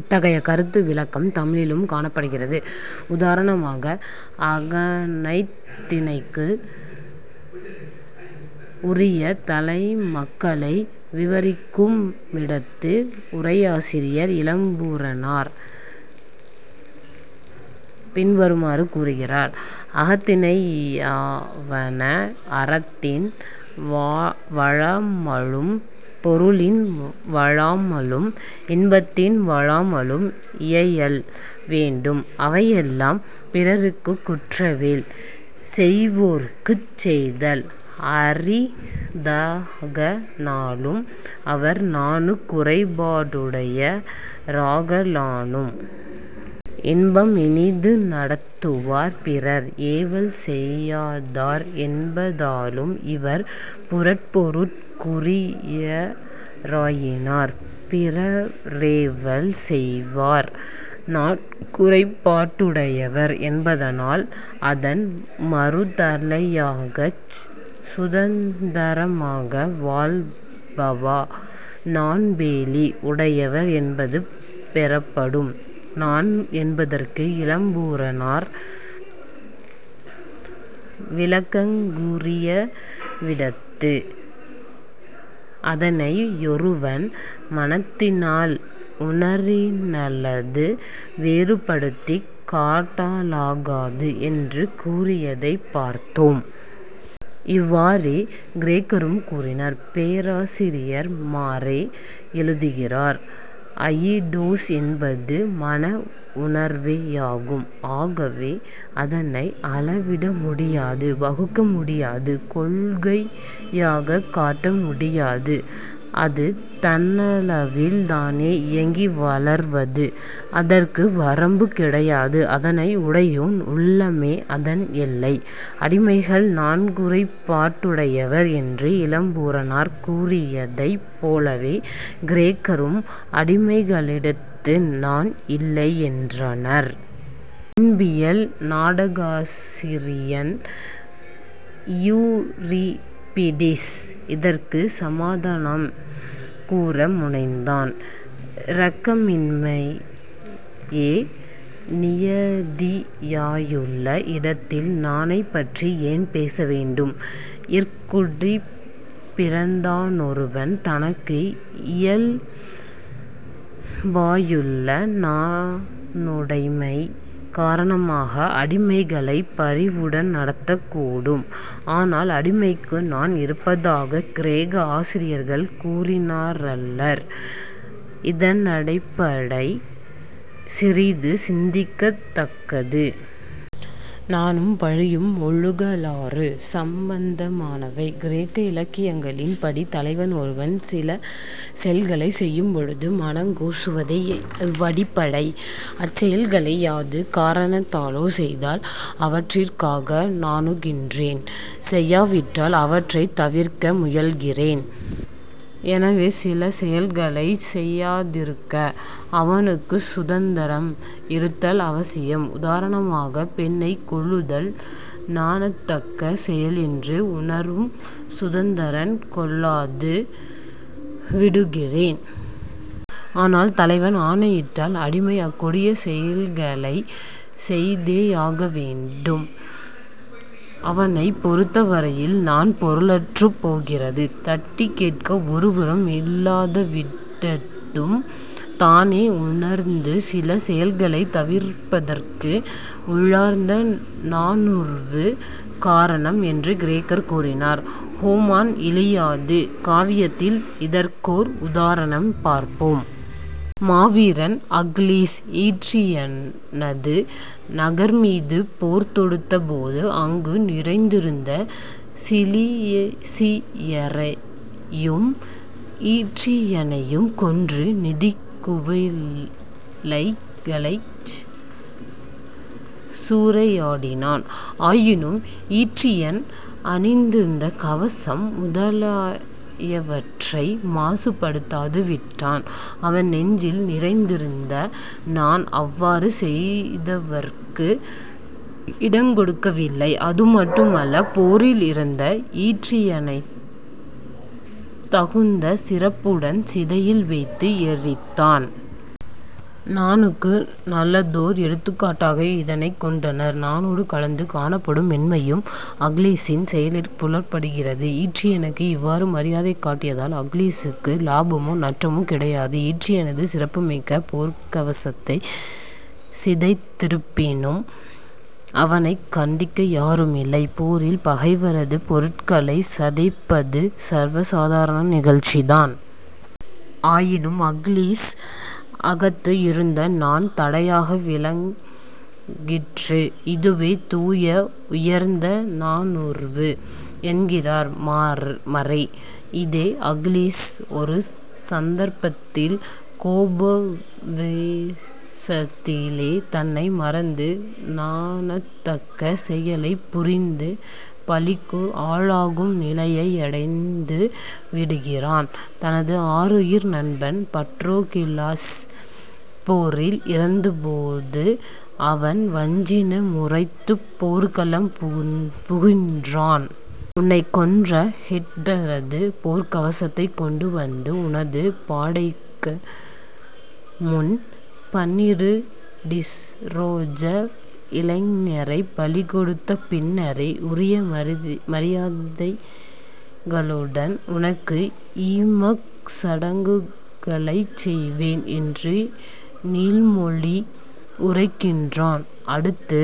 இத்தகைய கருத்து விளக்கம் தமிழிலும் காணப்படுகிறது. உதாரணமாக அகனைந்திணைக்கு உரிய தலைமக்களை விவரிக்குமிடத்து உரையாசிரியர் இளம்பூரணர் பின்வருமாறு கூறுகிறார். "அகத்திணையாவன அறத்தின் வழாமலும் பொருளின் வழாமலும் இன்பத்தின் வழாமலும் இயலல் வேண்டும்; அவையெல்லாம் பிறர்க்குக் குற்றவேல் செய்வோர்க்குச் செய்தல் அரிதாகலானும், அவர் நாணுக் குறைபாடுடைய ராகலானும்.... இன்பம் இனிது நடத்துவார் பிறர் ஏவல் செய்யாதார் என்பதானாலும், இவர் புறப்பொருட் குரியராயினார். " பிறரேவல் செய்வார் நாணுக்குறைபாடுடையவர் என்பதனால், அதன் மறுதலையாகச் சுதந்தரமாக வாழ்பவா நாண்வேலி உடையவர் என்பது பெறப்படும். நாண் என்பதற்கு இளம்பூரணர் விளக்கங்கூறியவிடத்து, அதனையொருவன் 'மனத்தினால் உணரினல்லது வேறுபடுத்திக் காட்டலாகாது' என்று கூறியதைப் பார்த்தோம். இவ்வாறே கிரேக்கரும் கூறினர். பேராசிரியர் மறே எழுதுகிறார்: "அயிடோஸ் என்பது மன உணர்வேயாகும்; ஆகவே அதனை அளவிடமுடியாது; வகுக்க முடியாது; கொள்கையாகக் காட்ட முடியாது. அது தன்னளவில்தானே இயங்கி வளர்வது. அதற்கு வரம்பு கிடையாது. அதனை உடையோன் உள்ளமே அதன் எல்லை. " அடிமைகள் நாணுக்குறைபாடுடையவர் என்று இளம்பூரணர் கூறியதைப் போலவே கிரேக்கரும் அடிமைகளிடத்து நாண் இல்லையென்றனர். இன்பியல் நாடகாசிரியன் இயூரிபிடீஸ் இதற்குச் சமாதானம் கூற முனைந்தான். "இரக்கமின்மையே நியதியாயுள்ள இடத்தில் நாணைப் பற்றி ஏன் பேசவேண்டும்? " இற்குடிப்பிறந்தானொருவன் தனக்கு இயல்பாயுள்ள நாணுடைமை காரணமாக அடிமைகளைப் பரிவுடன் நடத்தக்கூடும். ஆனால் அடிமைக்கு நாண் இருப்பதாகக் கிரேக்க ஆசிரியர்கள் கூறினாரல்லர். இதனடிப்படை சிறிது சிந்திக்கத் தக்கது. நாணும் பழியும் ஒழுகலாறு சம்பந்தமானவை. கிரேக்க இலக்கியங்களின்படி தலைவன் ஒருவன் சில செயல்களைச் செய்யும்பொழுது மனங்கூசுவதே இவ்வடிப்படை. அச்செயல்களை யாது காரணத்தாலோ செய்தால் அவற்றிற்காக நாணுகின்றான்; செய்யாவிட்டால் அவற்றைத் தவிர்க்க முயல்கிறான். எனவே, சில செயல்களைச் செய்யாதிருக்க அவனுக்குச் சுதந்தரம் இருத்தல் அவசியம். உதாரணமாக, பெண்ணைக் கொல்லுதல் நாணத்தக்க செயல் என்று உணரும் சுதந்தரன் கொல்லாது விடுகிறான். ஆனால் தலைவன் ஆணையிட்டால் அடிமை அக்கொடிய செயலைச் செய்தேயாக வேண்டும். அவனைப் பொறுத்தவரையில் நாண் பொருளற்றுப் போகிறது. தட்டிக் கேட்க ஒருவரும் இல்லாதவிடத்தும் தானே உணர்ந்து சில செயல்களைத் தவிர்ப்பதற்கு உள்ளார்ந்த நாணுர்வு காரணம் என்று கிரேக்கர் கூறினர். ஹோமான் இலியாது காவியத்தில் இதற்கோர் உதாரணம் பார்ப்போம். மாவீரன் அக்கிலீஸ் ஈற்றியனது நகர்மீது போர்தொடுத்தபோது, அங்கு நிறைந்திருந்த சிலிசியரையும் ஈற்றியனையும் கொன்று, நிதிக் குவைகளைச் சூறையாடினான். ஆயினும் ஈற்றியன் அணிந்திருந்த கவசம் முதலாயவற்றை மாசுபடுத்தாது விட்டான். அவன் நெஞ்சில் நிறைந்திருந்த நாண் அவ்வாறு செய்வதற்கு இடங்கொடுக்கவில்லை. அது மட்டுமல்ல. போரில் இறந்த ஈற்றியனைத் தகுந்த சிறப்புடன் சிதையில் வைத்து எரித்தான். நாணுக்கு நல்லதோர் எடுத்துக்காட்டாக இதனைக் கொண்டனர். நாணோடு கலந்து காணப்படும் மென்மையும் அக்கிலீசின் செயலிற் புலப்படுகிறது. ஈற்றியனுக்கு இவ்வாறு மரியாதை காட்டியதால் அக்க்லீசுக்கு லாபமோ நட்டமோ கிடையாது. ஈற்றியனது சிறப்புமிக்க போர்க்கவசத்தைச் சிதைத்திருப்பினும் அவனைக் கண்டிக்க யாருமில்லை. போரில் பகைவரது பொருட்களைச் சிதைப்பது சர்வ சாதாரண நிகழ்ச்சிதான். ஆயினும் அக்கிலீஸ் அகத்து இருந்த நாண் தடையாக விளங்கிற்று. "இதுவே தூய, உயர்ந்த நாணுர்வு" என்கிறார் மறே. இதே அக்கிலீஸ் ஒரு சந்தர்ப்பத்தில் கோபாவேசத்திலே தன்னை மறந்து நாணத்தக்க செயலைப் புரிந்து பழிக்கு ஆளாகும் நிலையையடைந்துவிடுகிறான். தனது ஆருயிர் நண்பன் பட்ரோகிளஸ் போரில் இறந்தபோது, அவன் வஞ்சின முரைத்துப் போர்க்களம் புகுகின்றான். "உன்னைக் கொன்ற ஹெக்டரது போர்க்கவசத்தைக் கொண்டு வந்து, உனது, பாடைக்க முன் பன்னிரு டிரோஜ இளைஞரைப் பலிகொடுத்த பின்னரே உரிய மரியதைகளுடன் உனக்கு ஈமக் சடங்குகளைச் செய்வேன்" என்று நீள்மொழி உரைக்கின்றான். அடுத்து